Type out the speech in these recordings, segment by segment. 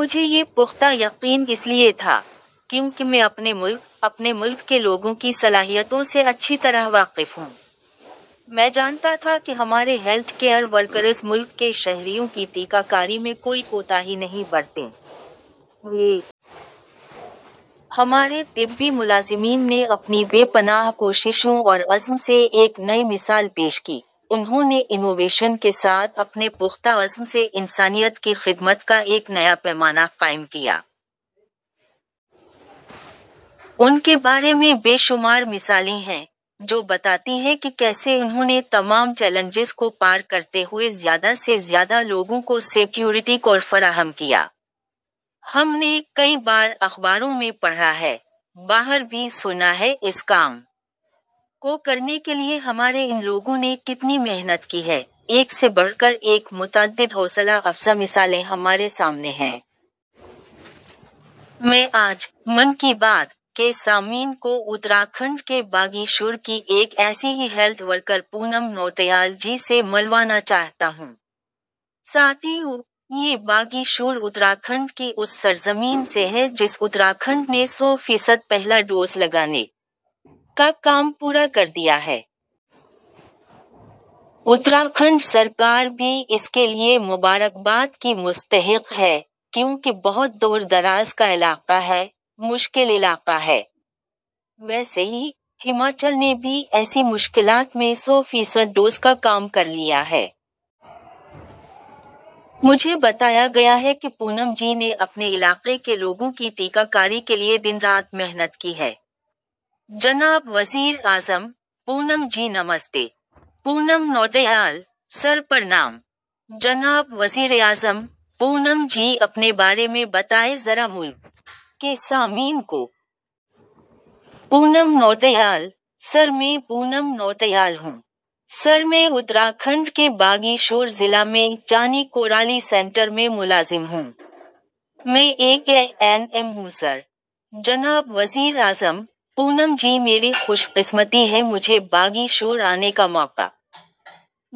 مجھے یہ پختہ یقین اس لیے تھا، کیوں کہ میں اپنے ملک، اپنے ملک کے لوگوں کی صلاحیتوں سے اچھی طرح واقف ہوں۔ میں جانتا تھا کہ ہمارے ہیلتھ کیئر ورکرز ملک کے شہریوں کی ٹیکہ کاری میں کوئی کوتاہی نہیں برتیں گے۔ ہمارے طبی ملازمین نے اپنی بے پناہ کوششوں اور عزم سے ایک نئی مثال پیش کی، انہوں نے انوویشن کے ساتھ اپنے پختہ عزم سے انسانیت کی خدمت کا ایک نیا پیمانہ قائم کیا۔ ان کے بارے میں بے شمار مثالیں ہیں، جو بتاتی ہیں کہ کیسے انہوں نے تمام چیلنجز کو پار کرتے ہوئے زیادہ سے زیادہ لوگوں کو سیکورٹی کور فراہم کیا۔ ہم نے کئی بار اخباروں میں پڑھا ہے، باہر بھی سنا ہے اس کام کو کرنے کے لیے ہمارے ان لوگوں نے کتنی محنت کی ہے، ایک سے بڑھ کر ایک متعدد حوصلہ افزا مثالیں ہمارے سامنے ہیں۔ میں آج 'من کی بات' کے سامعین کو اتراکھنڈ کے باگیشور کی ایک ایسی ہی ہیلتھ ورکر پونم نوٹیال جی سے ملوانا چاہتا ہوں۔ ساتھیو، یہ باگیشور اتراکھنڈ کی اُس سرزمین سے ہے جس اتراکھنڈ نے سو فیصد پہلا ڈوز لگانے کا کام پورا کر دیا ہے۔ اتراکھنڈ سرکار بھی اس کے لیے مبارکباد کی مستحق ہے، کیوں کہ بہت دور دراز کا علاقہ ہے، مشکل علاقہ ہے۔ ویسے ہی، ہماچل نے بھی ایسی مشکلات میں سو فیصد ڈوز کا کام کر لیا ہے۔ مجھے بتایا گیا ہے کہ پونم جی نے اپنے علاقے کے لوگوں کی ٹیکہ کاری کے لیے دن رات محنت کی ہے۔ جناب وزیر اعظم:- پونم جی نمستے۔ پونم نوٹیال:- سر پرنام۔ جناب وزیراعظم:- پونم جی اپنے بارے میں بتائے ذرا ملک کے سامعین کو۔ پونم نوٹیال:- سر میں پونم نوٹیال ہوں۔ سر میں اتراکھنڈ کے باگیشور ضلع میں چانی کورالی سنٹر میں ملازم ہوں۔ میں ایک اے این ایم ہوں سر۔ جناب وزیر اعظم:- پونم جی میری خوش قسمتی ہے مجھے باگیشور آنے کا موقع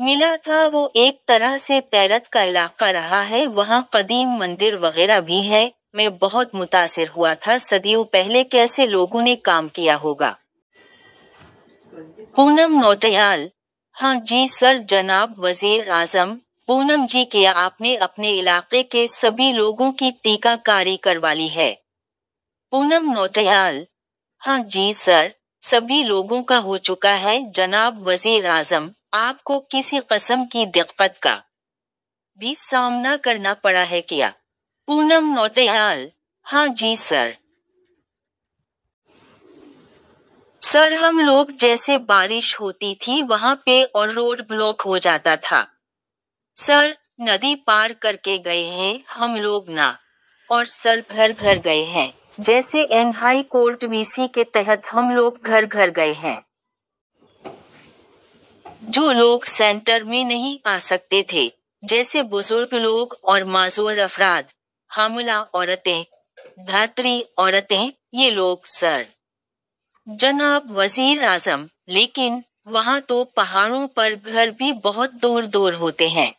ملا تھا وہ ایک طرح سے تیرتھ کا علاقہ رہا ہے وہاں قدیم مندر وغیرہ بھی ہیں، میں بہت متاثر ہوا تھا صدیوں پہلے کیسے لوگوں نے کام کیا ہوگا۔ پونم نوٹیال:- ہاں جی سر جناب وزیر اعظم:- پونم جی کیا آپ نے اپنے علاقے کے سبھی لوگوں کی ٹیکہ کاری کروالی ہے۔ پونم نوٹیال:- ہاں جی سر، سبھی لوگوں کا ہو چکا ہے جناب وزیر اعظم:- آپ کو کسی قسم کی دقت کا بھی سامنا کرنا پڑا ہے کیا؟ پونم نوٹیال:- ہاں جی سر۔ سر ہم لوگ جیسے بارش ہوتی تھی وہاں پہ اور روڈ بلاک ہو جاتا تھا۔ سر، ندی پار کرکے گئے ہیں ہم لوگ نا! اور سر گھر گھر گئے ہیں، جیسے N H C V C کے تحت ہم لوگ گھر گھر گئے ہیں۔ جو لوگ سنٹر میں نہیں آ سکتے تھے، جیسے بزرگ لوگ اور معذور افراد، حاملہ عورتیں، دھاتری عورتیں – یہ لوگ سر۔ جناب وزیر اعظم:- لیکن، وہاں تو پہاڑوں پر گھر بھی بہت دور دور ہوتے ہیں۔